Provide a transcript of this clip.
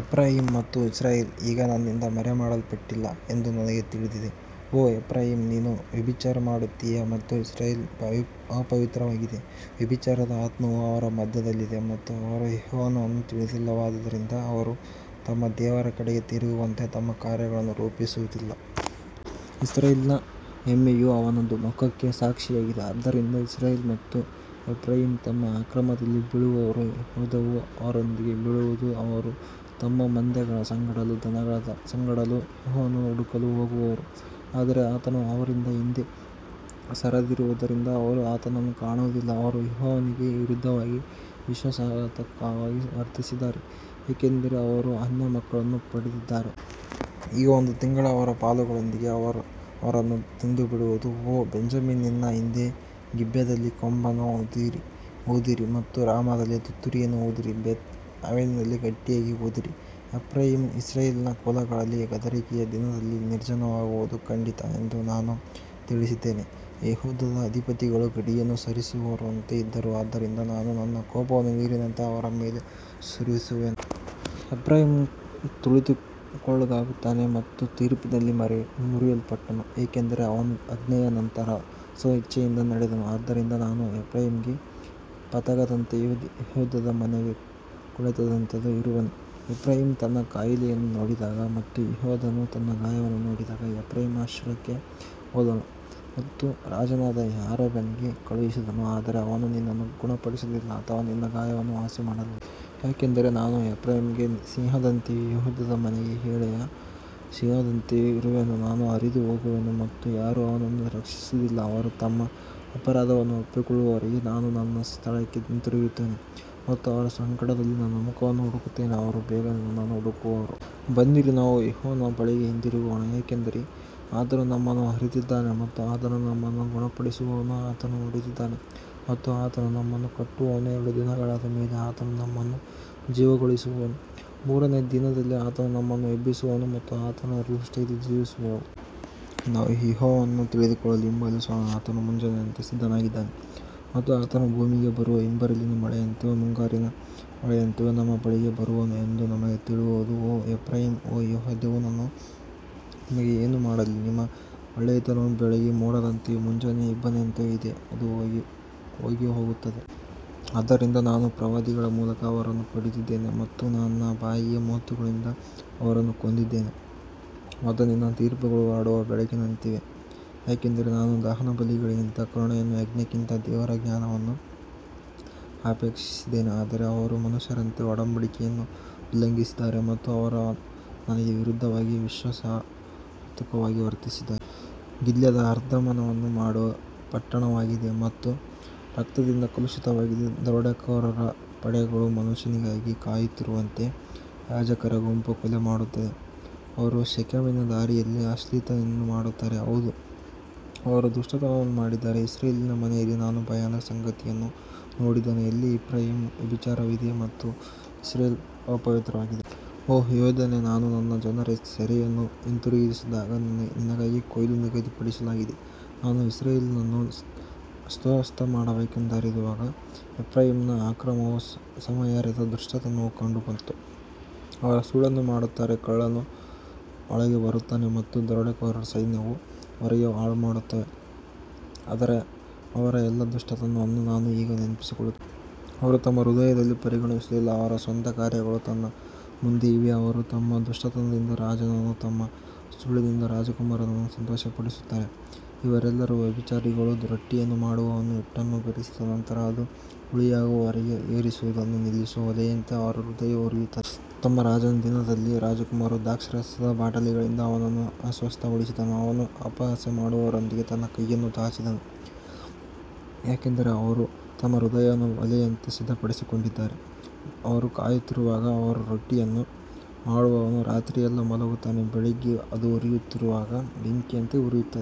Ephraim ಮತ್ತು Israel ಈಗ ನನ್ನಿಂದ ಮರೆಮಾಡಲ್ಪಟ್ಟಿಲ್ಲ ಎಂದು ನನಗೆ ತಿಳಿದಿದೆ. ಓ ಎಫ್ರಾಯೀಮ್, ನೀನು ವ್ಯಭಿಚಾರ ಮಾಡುತ್ತೀಯ ಮತ್ತು ಇಸ್ರಾಯೇಲ್ ಅಪವಿತ್ರವಾಗಿದೆ. ವ್ಯಭಿಚಾರದ ಆತ್ಮವು ಅವರ ಮಧ್ಯದಲ್ಲಿದೆ ಮತ್ತು ಅವರು ಯೆಹೋವನನ್ನು ತಿಳಿದಿಲ್ಲವಾದ್ದರಿಂದ ಅವರು ತಮ್ಮ ದೇವರ ಕಡೆಗೆ ತಿರುಗುವಂತೆ ತಮ್ಮ ಕಾರ್ಯಗಳನ್ನು ರೂಪಿಸುವುದಿಲ್ಲ. ಇಸ್ರಾಯೇಲಿನ ಹೆಮ್ಮೆಯು ಅವನ ಮುಖಕ್ಕೆ ಸಾಕ್ಷಿಯಾಗಿದೆ, ಆದ್ದರಿಂದ ಇಸ್ರಾಯೇಲ್ ಮತ್ತು ಎಫ್ರಾಯೀಮ್ ತಮ್ಮ ಅಕ್ರಮದಲ್ಲಿ ಬೀಳುವರು, ಯೆಹೂದವೂ ಅವರೊಂದಿಗೆ ಬೀಳುವುದು. ಅವರು ತಮ್ಮ ಮಂದೆಗಳ ಸಂಗಡಲೂ ದನಗಳ ಸಂಗಡಲೂ ಯೆಹೋವನನ್ನು ಹುಡುಕಲು ಹೋಗುವರು, ಆದರೆ ಆತನು ಅವರಿಂದ ಹಿಂದೆ ಸರಿದಿರುವುದರಿಂದ ಅವರು ಆತನನ್ನು ಕಾಣುವುದಿಲ್ಲ. ಅವರು ಯೆಹೋವನಿಗೆ ವಿರುದ್ಧವಾಗಿ ವಿಶ್ವಾಸಘಾತುಕವಾಗಿ ವರ್ತಿಸಿದ್ದಾರೆ, ಏಕೆಂದರೆ ಅವರು ಅನ್ಯ ಮಕ್ಕಳನ್ನು ಪಡೆದಿದ್ದಾರೆ. ಈಗ ಒಂದು ತಿಂಗಳು ಅವರ ಪಾಲುಗಳೊಂದಿಗೆ ಅವರನ್ನು ತಿಂದುಬಿಡುವುದು. ಓ ಬೆಂಜಮಿನ್, ನಿನ್ನ ಹಿಂದೆ ಗಿಬ್ಯದಲ್ಲಿ ಕೊಂಬನ್ನು ಊದಿರಿ ಮತ್ತು ರಾಮದಲ್ಲಿ ತುತ್ತೂರಿಯನ್ನು ಊದಿರಿ. ಬೇತ್ ಆವೆನಿನಲ್ಲಿ ಗಟ್ಟಿಯಾಗಿ ಊದಿರಿ. ಎಫ್ರಾಯೀಮ್ ಇಸ್ರಾಯೇಲಿನ ಕುಲಗಳಲ್ಲಿ ಗದರಿಕೆಯ ದಿನದಲ್ಲಿ ನಿರ್ಜನವಾಗುವುದು ಖಂಡಿತ ಎಂದು ನಾನು ತಿಳಿಸಿದ್ದೇನೆ. ಯೆಹೂದದ ಅಧಿಪತಿಗಳು ಗಡಿಯನ್ನು ಸರಿಸುವವರಂತೆ ಇದ್ದರು, ಆದ್ದರಿಂದ ನಾನು ನನ್ನ ಕೋಪವನ್ನು ನೀರಿನಂತೆ ಅವರ ಮೇಲೆ ಸುರಿಸುವೆನು. ಎಫ್ರಾಯೀಮ್ ತುಳಿತಕ್ಕೊಳಗಾಗುತ್ತಾನೆ ಮತ್ತು ತೀರ್ಪಿನಲ್ಲಿ ಮುರಿಯಲ್ಪಟ್ಟನು, ಏಕೆಂದರೆ ಅವನು ಆಜ್ಞೆಯ ನಂತರ ಸ್ವಇಚ್ಛೆಯಿಂದ ನಡೆದನು. ಆದ್ದರಿಂದ ನಾನು ಎಫ್ರಾಯೀಮಿಗೆ ಪತಂಗದಂತೆಯೂ ಯೆಹೂದದ ಮನೆಗೆ ಕೊಳೆತದಂತೆಯೂ ಇರುವೆನು. ಎಫ್ರಾಯೀಮ್ ತನ್ನ ಕಾಯಿಲೆಯನ್ನು ನೋಡಿದಾಗ ಮತ್ತು ಯೆಹೂದನು ತನ್ನ ಗಾಯವನ್ನು ನೋಡಿದಾಗ, ಎಫ್ರಾಯೀಮ್ ಅಶ್ಶೂರಕ್ಕೆ ಹೋದನು ಮತ್ತು ರಾಜನಾದ ಯಾರೆಬನಿಗೆ ಕಳುಹಿಸಿದನು, ಆದರೆ ಅವನು ನಿನ್ನನ್ನು ಗುಣಪಡಿಸಲಿಲ್ಲ ಅಥವಾ ನಿನ್ನ ಗಾಯವನ್ನು ವಾಸಿಮಾಡಲಿಲ್ಲ. ಯಾಕಂದರೆ ನಾನು ಎಫ್ರಾಯೀಮಿಗೆ ಸಿಂಹದಂತೆಯೂ ಯೆಹೂದದ ಮನೆಗೆ ಎಳೆಯ ಸಿಂಹದಂತೆಯೂ ಇರುವೆನು. ನಾನು ಹರಿದು ಹೋಗುವೆನು ಮತ್ತು ಯಾರೂ ಅವನನ್ನು ರಕ್ಷಿಸುವುದಿಲ್ಲ. ಅವರು ತಮ್ಮ ಅಪರಾಧವನ್ನು ಒಪ್ಪಿಕೊಳ್ಳುವವರೆಗೂ ನಾನು ನನ್ನ ಸ್ಥಳಕ್ಕೆ ಹಿಂತಿರುಗುತ್ತೇನೆ ಮತ್ತು ಅವರ ಸಂಕಟದಲ್ಲಿ ನನ್ನ ಮುಖವನ್ನು ಹುಡುಕುತ್ತೇನೆ. ಅವರು ಬೇಗನೆ ನನ್ನನ್ನು ಹುಡುಕುವರು. ಬನ್ನಿರಿ, ನಾವು ಯೆಹೋವನ ಬಳಿಗೆ ಹಿಂದಿರುಗೋಣ, ಏಕೆಂದರೆ ಆತನು ನಮ್ಮನ್ನು ಹರಿದಿದ್ದಾನೆ ಮತ್ತು ಆತನು ನಮ್ಮನ್ನು ಗುಣಪಡಿಸುವನು. ಆತನು ಹೊಡೆದಿದ್ದಾನೆ ಮತ್ತು ಆತನು ನಮ್ಮನ್ನು ಕಟ್ಟುವನು. ಎರಡು ದಿನಗಳಾದ ಮೇಲೆ ಆತನು ನಮ್ಮನ್ನು ಜೀವಗೊಳಿಸುವನು. ಮೂರನೆಯ ದಿನದಲ್ಲಿ ಆತನು ನಮ್ಮನ್ನು ಎಬ್ಬಿಸುವನು ಮತ್ತು ನಾವು ಆತನ ದೃಷ್ಟಿಯಲ್ಲಿ ಜೀವಿಸುವೆವು. ನಾವು ಯೆಹೋವನನ್ನು ತಿಳಿದುಕೊಳ್ಳಲು ಹಿಂಬಾಲಿಸೋಣ. ಆತನು ಮುಂಜಾನೆಯಂತೆ ಸಿದ್ಧನಾಗಿದ್ದಾನೆ ಮತ್ತು ಆತನು ಭೂಮಿಗೆ ಬರುವ ಹಿಂಬರಲಿನ ಮಳೆಯಂತೆಯೂ ಮುಂಗಾರಿನ ಮಳೆಯಂತೆಯೂ ನಮ್ಮ ಬಳಿಗೆ ಬರುವನು ಎಂದು ನಮಗೆ ತಿಳಿಯುವುದು. ಓ ಎಫ್ರಾಯೀಮ್, ಓ ಯೆಹೂದವೇ, ನಾನು ನಿಮಗೆ ಏನು ಮಾಡಲಿ. ನಿಮ್ಮ ಒಳ್ಳೆಯತನವು ಬೆಳಗಿನ ಮೋಡದಂತೆಯೂ ಮುಂಜಾನೆಯ ಇಬ್ಬನಿಯಂತೆಯೂ ಇದೆ, ಅದು ಹೋಗಿಹೋಗುತ್ತದೆ. ಆದ್ದರಿಂದ ನಾನು ಪ್ರವಾದಿಗಳ ಮೂಲಕ ಅವರನ್ನು ಕಡಿದಿದ್ದೇನೆ ಮತ್ತು ನನ್ನ ಬಾಯಿಯ ಮಾತುಗಳಿಂದ ಅವರನ್ನು ಕೊಂದಿದ್ದೇನೆ ಮತ್ತು ನಿನ್ನ ತೀರ್ಪುಗಳು ಹೊರಡುವ ಬೆಳಕಿನಂತಿವೆ. ಯಾಕಂದರೆ ನಾನು ದಹನಬಲಿಗಳಿಗಿಂತ ಕರುಣೆಯನ್ನೂ ಯಜ್ಞಕ್ಕಿಂತ ದೇವರ ಜ್ಞಾನವನ್ನೂ ಅಪೇಕ್ಷಿಸಿದ್ದೇನೆ. ಆದರೆ ಅವರು ಮನುಷ್ಯರಂತೆ ಒಡಂಬಡಿಕೆಯನ್ನು ಉಲ್ಲಂಘಿಸಿದ್ದಾರೆ ಮತ್ತು ಅವರು ನನಗೆ ವಿರುದ್ಧವಾಗಿ ವಿಶ್ವಾಸಘಾತುಕವಾಗಿ ವರ್ತಿಸಿದ್ದಾರೆ. ಗಿಲ್ಯಾದ್ ಅಧರ್ಮವನ್ನು ಮಾಡುವ ಪಟ್ಟಣವಾಗಿದೆ ಮತ್ತು ರಕ್ತದಿಂದ ಕಲುಷಿತವಾಗಿದೆ. ದರೋಡೆಕೋರರ ಪಡೆಗಳು ಮನುಷ್ಯನಿಗಾಗಿ ಕಾಯುತ್ತಿರುವಂತೆ, ಯಾಜಕರ ಗುಂಪು ಕೊಲೆಮಾಡುತ್ತದೆ. ಅವರು ಶೆಕೆಮಿನ ದಾರಿಯಲ್ಲಿ ಅಶ್ಲೀಲತೆಯನ್ನು ಮಾಡುತ್ತಾರೆ, ಹೌದು, ಅವರು ದುಷ್ಟತನವನ್ನು ಮಾಡಿದ್ದಾರೆ. ಇಸ್ರಾಯೇಲಿನ ಮನೆಯಲ್ಲಿ ನಾನು ಭಯಾನಕ ಸಂಗತಿಯನ್ನು ನೋಡಿದ್ದೇನೆ. ಅಲ್ಲಿ ಎಫ್ರಾಯೀಮನ ವ್ಯಭಿಚಾರವಿದೆ ಮತ್ತು ಇಸ್ರಾಯೇಲ್ ಅಪವಿತ್ರವಾಗಿದೆ. ಓ ಯೆಹೂದನೇ, ನಾನು ನನ್ನ ಜನರ ಸೆರೆಯನ್ನು ಹಿಂದಿರುಗಿಸಿದಾಗ ನಿನಗಾಗಿ ಕೊಯ್ಲು ನಿಗದಿಪಡಿಸಲಾಗಿದೆ. ನಾನು ಇಸ್ರಾಯೇಲನ್ನು ಸ್ವಸ್ಥಮಾಡಬೇಕೆಂದಿರುವಾಗ ಎಫ್ರಾಯೀಮನ ಅಕ್ರಮವೂ ಸಮಾರ್ಯದ ದುಷ್ಟತನವೂ ಕಂಡುಬಂತು. ಅವರು ಸುಳ್ಳನ್ನು ಮಾಡುತ್ತಾರೆ, ಕಳ್ಳನು ಒಳಗೆ ಬರುತ್ತಾನೆ ಮತ್ತು ದರೋಡೆಕೋರರ ಸೈನ್ಯವು ಹೊರಗೆ ಹಾಳುಮಾಡುತ್ತದೆ. ಅವರ ಎಲ್ಲಾ ದುಷ್ಟತನವನ್ನು ನಾನು ಈಗ ನೆನಪಿಸಿಕೊಳ್ಳುತ್ತೇನೆ. ಅವರು ತಮ್ಮ ಹೃದಯದಲ್ಲಿ ಪರಿಗಣಿಸುವುದಿಲ್ಲ, ಅವರ ಸ್ವಂತ ಕಾರ್ಯಗಳು ನನ್ನ ಮುಂದೆ ಇವೆ. ಅವರು ತಮ್ಮ ದುಷ್ಟತನದಿಂದ ರಾಜನನ್ನೂ ತಮ್ಮ ಸುಳ್ಳಿನಿಂದ ರಾಜಕುಮಾರರನ್ನೂ ಸಂತೋಷಪಡಿಸುತ್ತಾರೆ. ಅವರೆಲ್ಲರೂ ವ್ಯಭಿಚಾರಿಗಳು. ರೊಟ್ಟಿಯನ್ನು ಮಾಡುವವನು ಹಿಟ್ಟನ್ನು ಬೆರೆಸಿದ ನಂತರ ಅದು ಹುಳಿಯಾಗುವವರೆಗೆ ಏರಿಸುವುದನ್ನು ನಿಲ್ಲಿಸುವ ಒಲೆಯಂತೆ ಅವರ ಹೃದಯವು ಉರಿಯುತ್ತದೆ. ನಮ್ಮ ರಾಜನ ದಿನದಲ್ಲಿ ರಾಜಕುಮಾರರು ದ್ರಾಕ್ಷಾರಸದ ಬಾಟಲಿಗಳಿಂದ ಅವನನ್ನು ಅಸ್ವಸ್ಥಗೊಳಿಸಿದರು. ಅವನು ಅಪಹಾಸ್ಯ ಮಾಡುವವರೊಂದಿಗೆ ತನ್ನ ಕೈಯನ್ನು ಚಾಚಿದನು. ಯಾಕಂದರೆ ಅವರು ತಮ್ಮ ಹೃದಯವನ್ನು ಒಲೆಯಂತೆ ಸಿದ್ಧಪಡಿಸಿಕೊಂಡಿದ್ದಾರೆ. ಅವರು ಕಾಯುತ್ತಿರುವಾಗ ಅವರ ರೊಟ್ಟಿಯನ್ನು ಮಾಡುವವನು ರಾತ್ರಿಯೆಲ್ಲಾ ಮಲಗುತ್ತಾನೆ. ಬೆಳಿಗ್ಗೆ ಅದು ಉರಿಯುತ್ತಿರುವ ಬೆಂಕಿಯಂತೆ ಉರಿಯುತ್ತದೆ.